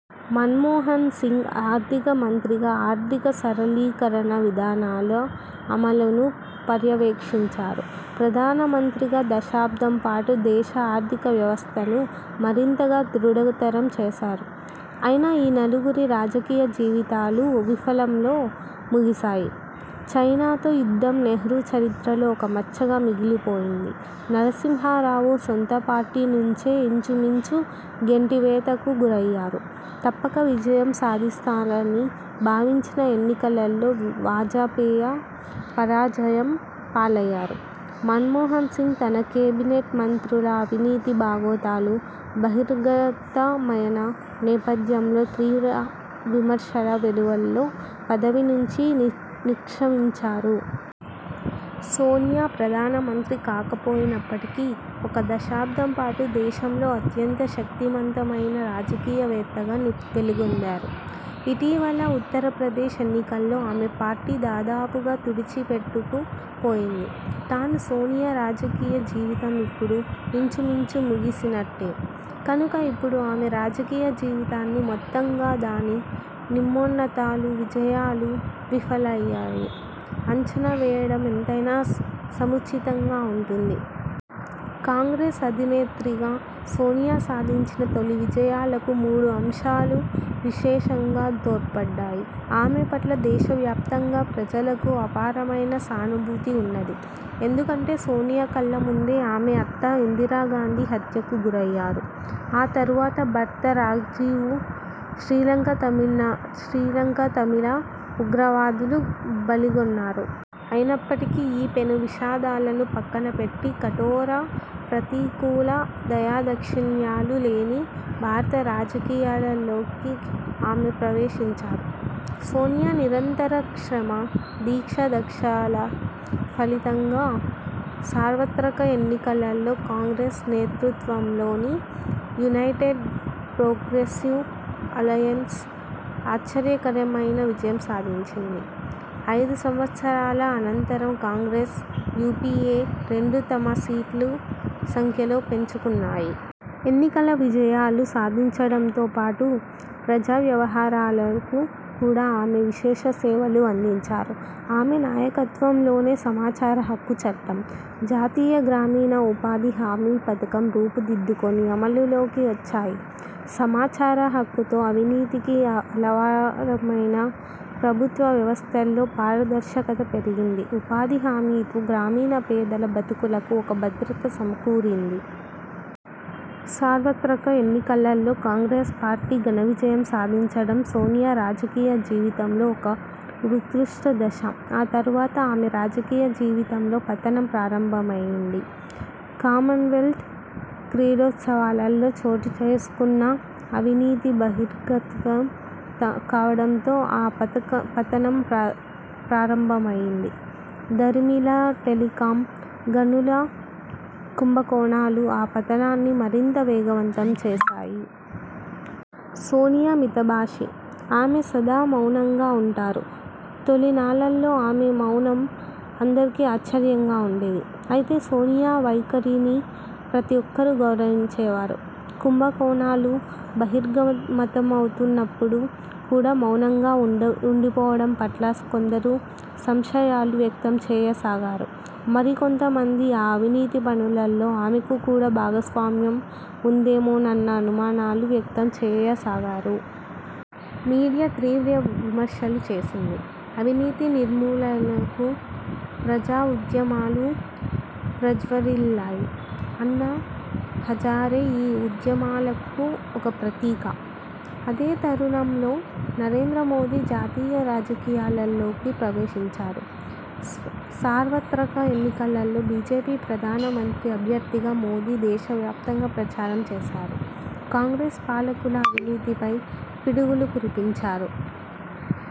మన్మోహన్ సింగ్ ఆర్థిక మంత్రిగా ఆర్థిక సరళీకరణ విధానాల అమలును పర్యవేక్షించారు. ప్రధానమంత్రిగా దశాబ్దం పాటు దేశ ఆర్థిక వ్యవస్థను మరింతగా దృఢతరం చేశారు. అయినా ఈ నలుగురి రాజకీయ జీవితాలూ వైఫల్యంలో ముగిసాయి. చైనాతో యుద్ధం నెహ్రూ చరిత్రలో ఒక మచ్చగా మిగిలిపోయింది; నరసింహారావు సొంత పార్టీ నుంచే ఇంచుమించు గెంటివేతకు గురయ్యారు; తప్పక విజయం సాధిస్తారని భావించిన ఎన్నికలలో వాజపేయి పరాజయం పాలయ్యారు; మన్మోహన్ సింగ్, తన కేబినెట్ మంత్రుల అవినీతి బాగోతాలు బహిర్గతమయిన నేపథ్యంలో తీవ్ర విమర్శల వెల్లువలో పదవినుంచి నిష్ర్కమించారు. సోనియా ప్రధానమంత్రి కాకపోయినప్పటికీ ఒక దశాబ్దం పాటు దేశంలో అత్యంత శక్తిమంతమైన రాజకీయవేత్తగా వెలుగొందారు. ఇటీవలి ఉత్తరప్రదేశ్ ఎన్నికల్లో ఆమె పార్టీ దాదాపుగా తుడిచిపెట్టుకు పోయింది. తాను, సోనియా రాజకీయ జీవితం ఇప్పుడు ఇంచుమించు ముగిసినట్టే. కనుక ఇప్పుడు ఆమె రాజకీయ జీవితాన్ని మొత్తంగా దాని నిమ్నోన్నతాలు, విజయాలూ వైఫల్యాలను అంచనా వేయడం ఎంతైనా సముచితంగా ఉంటుంది. కాంగ్రెస్ అధినేత్రిగా సోనియా సాధించిన తొలి విజయాలకు మూడు అంశాలు విశేషంగా తోడ్పడ్డాయి. ఆమె పట్ల దేశవ్యాప్తంగా ప్రజలకు అపారమైన సానుభూతి వున్నది. ఎందుకంటే సోనియా కళ్ళ ముందే ఆమె అత్త ఇందిరాగాంధీ హత్యకు గురయ్యారు. ఆ తరువాత భర్త రాజీవ్ను శ్రీలంక తమిళ ఉగ్రవాదులు బలిగొన్నారు. అయినప్పటికీ ఈ పెను విషాదాలను పక్కన పెట్టి కఠోర, ప్రతికూల దయాదాక్షిణ్యాలు లేని భారత రాజకీయాలలోకి ఆమె ప్రవేశించారు. సోనియా నిరంతర శ్రమ, దీక్షా దక్షతల ఫలితంగా సార్వత్రక ఎన్నికలలో కాంగ్రెస్ నేతృత్వంలోని యునైటెడ్ ప్రోగ్రెసివ్ అలయెన్స్ ఆశ్చర్యకరమైన విజయం సాధించింది. ఐదు సంవత్సరాల అనంతరం కాంగ్రెస్, యూపీఏ రెండూ తమ సీట్ల సంఖ్యను పెంచుకున్నాయి. ఎన్నికల విజయాలు సాధించడంతో పాటు ప్రజా వ్యవహారాలకు కూడా ఆమె విశేష సేవలు అందించారు. ఆమె నాయకత్వంలోనే సమచార హక్కు చట్టం, జాతీయ గ్రామీణ ఉపాధి హామీ పథకం రూపు దిద్దుకుని అమలులోకి వచ్చాయి. సమాచారహక్కుతో, అవినీతికి ఆలవాలమైన ప్రభుత్వ వ్యవస్థలో పారదర్శకత పెరిగింది. ఉపాధి హామీతో గ్రామీణ పేదల బతుకులకు ఒక భద్రత సమకూరింది. సార్వత్రక ఎన్నికలలో కాంగ్రెస్ పార్టీ ఘన విజయం సాధించడం సోనియా రాజకీయ జీవితంలో ఒక ఉత్కృష్ట దశ. ఆ తరువాత ఆమె రాజకీయ జీవితంలో పతనం ప్రారంభమయింది. కామన్వెల్త్ క్రీడోత్సవాలలో చోటుచేసుక్ను అవినీతి బహిర్గతం కావడంతో ఆ పతనం ప్రారంభమయింది. దరిమిలా టెలికామ్, గనుల కుంభకోణాలు ఆ పతనాన్ని మరింత వేగవంతం చేశాయి. సోనియా మితభాషి. ఆమె సదా మౌనంగా వుంటారు. తొలినాళ్ళలో ఆమె మౌనం అందరికీ ఆశ్చర్యంగా వుండేది. అయితే సోనియా వైఖరిని ప్రతి ఒక్కరూ గౌరవించేవారు. కుంభకోణాలు బహిర్గతమవుతున్నప్పుడు కూడా మౌనంగా వుండిపోవడం పట్ల కొందరు సంశయాలు వ్యక్తంచేయసాగారు. మరికొంత మంది ఆ అవినీతి పనులలో ఆమెకు కూడా భాగస్వామ్యం వుందేమోనన్న అనుమానాలు వ్యక్తం చేయసాగారు. మీడియా తీవ్ర విమర్శలు చేసింది. అవినీతి నిర్మూలనకు ప్రజా ఉద్యమాలు ప్రజ్వరిల్లాయి. అన్నా హజారే ఈ ఉద్యమాలకు ఒక ప్రతీక. అదే తరుణంలో నరేంద్ర మోదీ జాతీయ రాజకీయాలలోకి ప్రవేశించారు. సార్వత్రక ఎన్నికలలో బీజేపీ ప్రధానమంత్రి అభ్యర్థిగా మోదీ దేశవ్యాప్తంగా ప్రచారం చేశారు. కాంగ్రెస్ పాలకుల అవినీతిపై పిడుగులు కురిపించారు.